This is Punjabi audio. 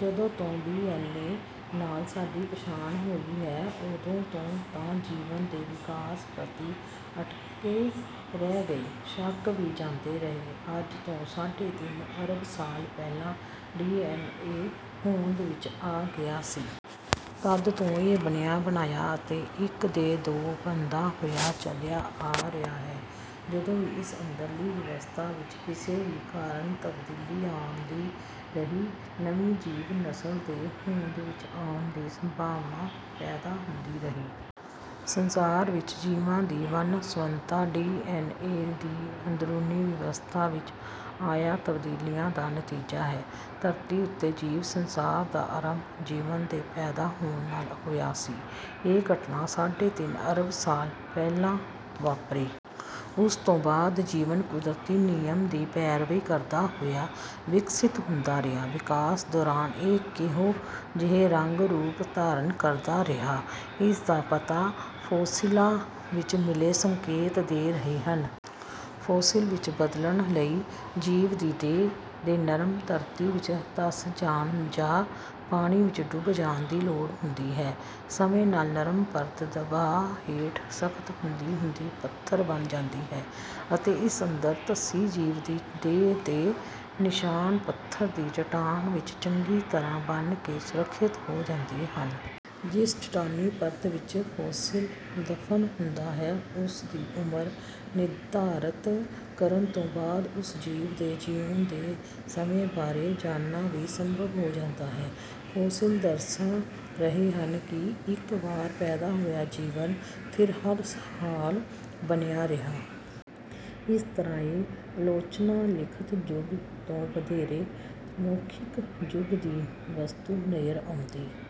ਜਦੋਂ ਤੋਂ ਡੀ ਐਨ ਏ ਨਾਲ ਸਾਡੀ ਪਛਾਣ ਹੋਈ ਹੈ, ਉਦੋਂ ਤੋਂ ਤਾਂ ਜੀਵਨ ਦੇ ਵਿਕਾਸ ਪ੍ਰਤੀ ਅਟਕੇ ਰਹਿ ਗਏ ਸ਼ੱਕ ਵੀ ਜਾਂਦੇ ਰਹੇ। ਅੱਜ ਤੋਂ ਸਾਢੇ ਤਿੰਨ ਅਰਬ ਸਾਲ ਪਹਿਲਾਂ ਡੀ ਐਨ ਏ ਹੋਂਦ ਵਿੱਚ ਆ ਗਿਆ ਸੀ। ਤਦ ਤੋਂ ਇਹ ਬਣਿਆ ਬਣਾਇਆ ਅਤੇ ਇੱਕ ਦੇ ਦੋ ਬਣਦਾ ਹੋਇਆ ਚਲਿਆ ਆ ਰਿਹਾ ਹੈ। ਜਦੋਂ ਵੀ ਇਸ ਅੰਦਰਲੀ ਵਿਵਸਥਾ ਵਿੱਚ ਕਿਸੇ ਵੀ ਕਾਰਨ ਤਬਦੀਲੀ ਆਉਂਦੀ ਰਹੀ, ਨਵੀਂ ਜੀਵ ਨਸਲ ਦੇ ਹੋਂਦ ਵਿੱਚ ਆਉਣ ਦੀ ਸੰਭਾਵਨਾ ਪੈਦਾ ਹੁੰਦੀ ਰਹੀ। ਸੰਸਾਰ ਵਿੱਚ ਜੀਵਾਂ ਦੀ ਵੰਨ ਸੁਵੰਨਤਾ ਡੀ ਐਨ ਏ ਦੀ ਅੰਦਰੂਨੀ ਵਿਵਸਥਾ ਵਿੱਚ ਆਈਆਂ ਤਬਦੀਲੀਆਂ ਦਾ ਨਤੀਜਾ ਹੈ। ਧਰਤੀ ਉੱਤੇ ਜੀਵ ਸੰਸਾਰ ਦਾ ਆਰੰਭ ਜੀਵਨ ਦੇ ਪੈਦਾ ਹੋਣ ਨਾਲ ਹੋਇਆ ਸੀ। ਇਹ ਘਟਨਾ ਸਾਢੇ ਤਿੰਨ ਅਰਬ ਸਾਲ ਪਹਿਲਾਂ ਵਾਪਰੀ। ਉਸ ਤੋਂ ਬਾਅਦ ਜੀਵਨ ਕੁਦਰਤੀ ਨਿਯਮ ਦੀ ਪੈਰਵੀ ਕਰਦਾ ਹੋਇਆ ਵਿਕਸਿਤ ਹੁੰਦਾ ਰਿਹਾ। ਵਿਕਾਸ ਦੌਰਾਨ ਇਹ ਕਿਹੋ ਜਿਹੇ ਰੰਗ ਰੂਪ ਧਾਰਨ ਕਰਦਾ ਰਿਹਾ, ਇਸ ਦਾ ਪਤਾ ਫੋਸਿਲਾਂ ਵਿੱਚ ਮਿਲੇ ਸੰਕੇਤ ਦੇ ਰਹੇ ਹਨ। ਫੋਸਿਲ ਵਿੱਚ ਬਦਲਣ ਲਈ ਜੀਵ ਦੀ ਦੇਹ ਦੇ ਨਰਮ ਧਰਤੀ ਵਿੱਚ ਧਸ ਜਾਣ ਜਾਂ ਪਾਣੀ ਵਿੱਚ ਡੁੱਬ ਜਾਣ ਦੀ ਲੋੜ ਹੁੰਦੀ ਹੈ। ਸਮੇਂ ਨਾਲ ਨਰਮ ਪਰਤ ਦਬਾਅ ਹੇਠ ਸਖ਼ਤ ਹੁੰਦੀ ਹੁੰਦੀ ਪੱਥਰ ਬਣ ਜਾਂਦੀ ਹੈ ਅਤੇ ਇਸ ਅੰਦਰ ਧਸੀ ਜੀਵ ਦੀ ਦੇਹ ਦੇ ਨਿਸ਼ਾਨ ਪੱਥਰ ਦੀ ਚੱਟਾਨ ਵਿੱਚ ਚੰਗੀ ਤਰ੍ਹਾਂ ਬਣ ਕੇ ਸੁਰੱਖਿਅਤ ਹੋ ਜਾਂਦੇ ਹਨ। ਜਿਸ ਚੱਟਾਨੀ ਪਰਤ ਵਿੱਚ ਫੋਸਿਲ ਦਫ਼ਨ ਹੁੰਦਾ ਹੈ, ਉਸ ਦੀ ਉਮਰ ਨਿਰਧਾਰਤ ਕਰਨ ਤੋਂ ਬਾਅਦ ਉਸ ਜੀਵ ਦੇ ਜਿਉਣ ਦੇ ਸਮੇਂ ਬਾਰੇ ਜਾਣਨਾ ਵੀ ਸੰਭਵ ਹੋ ਜਾਂਦਾ ਹੈ। ਫੋਸਿਲ ਦਰਸਾ ਰਹੇ ਹਨ ਕਿ ਇੱਕ ਵਾਰ ਪੈਦਾ ਹੋਇਆ ਜੀਵਨ ਫਿਰ ਹਰ ਹਾਲ ਬਣਿਆ ਰਿਹਾ। ਇਸ ਤਰ੍ਹਾਂ ਇਹ ਆਲੋਚਨਾ ਲਿਖਤ ਯੁੱਗ ਤੋਂ ਵਧੇਰੇ, ਮੌਖਿਕ ਯੁੱਗ ਦੀ ਵਸਤੂ ਨਜ਼ਰ ਆਉਂਦੀ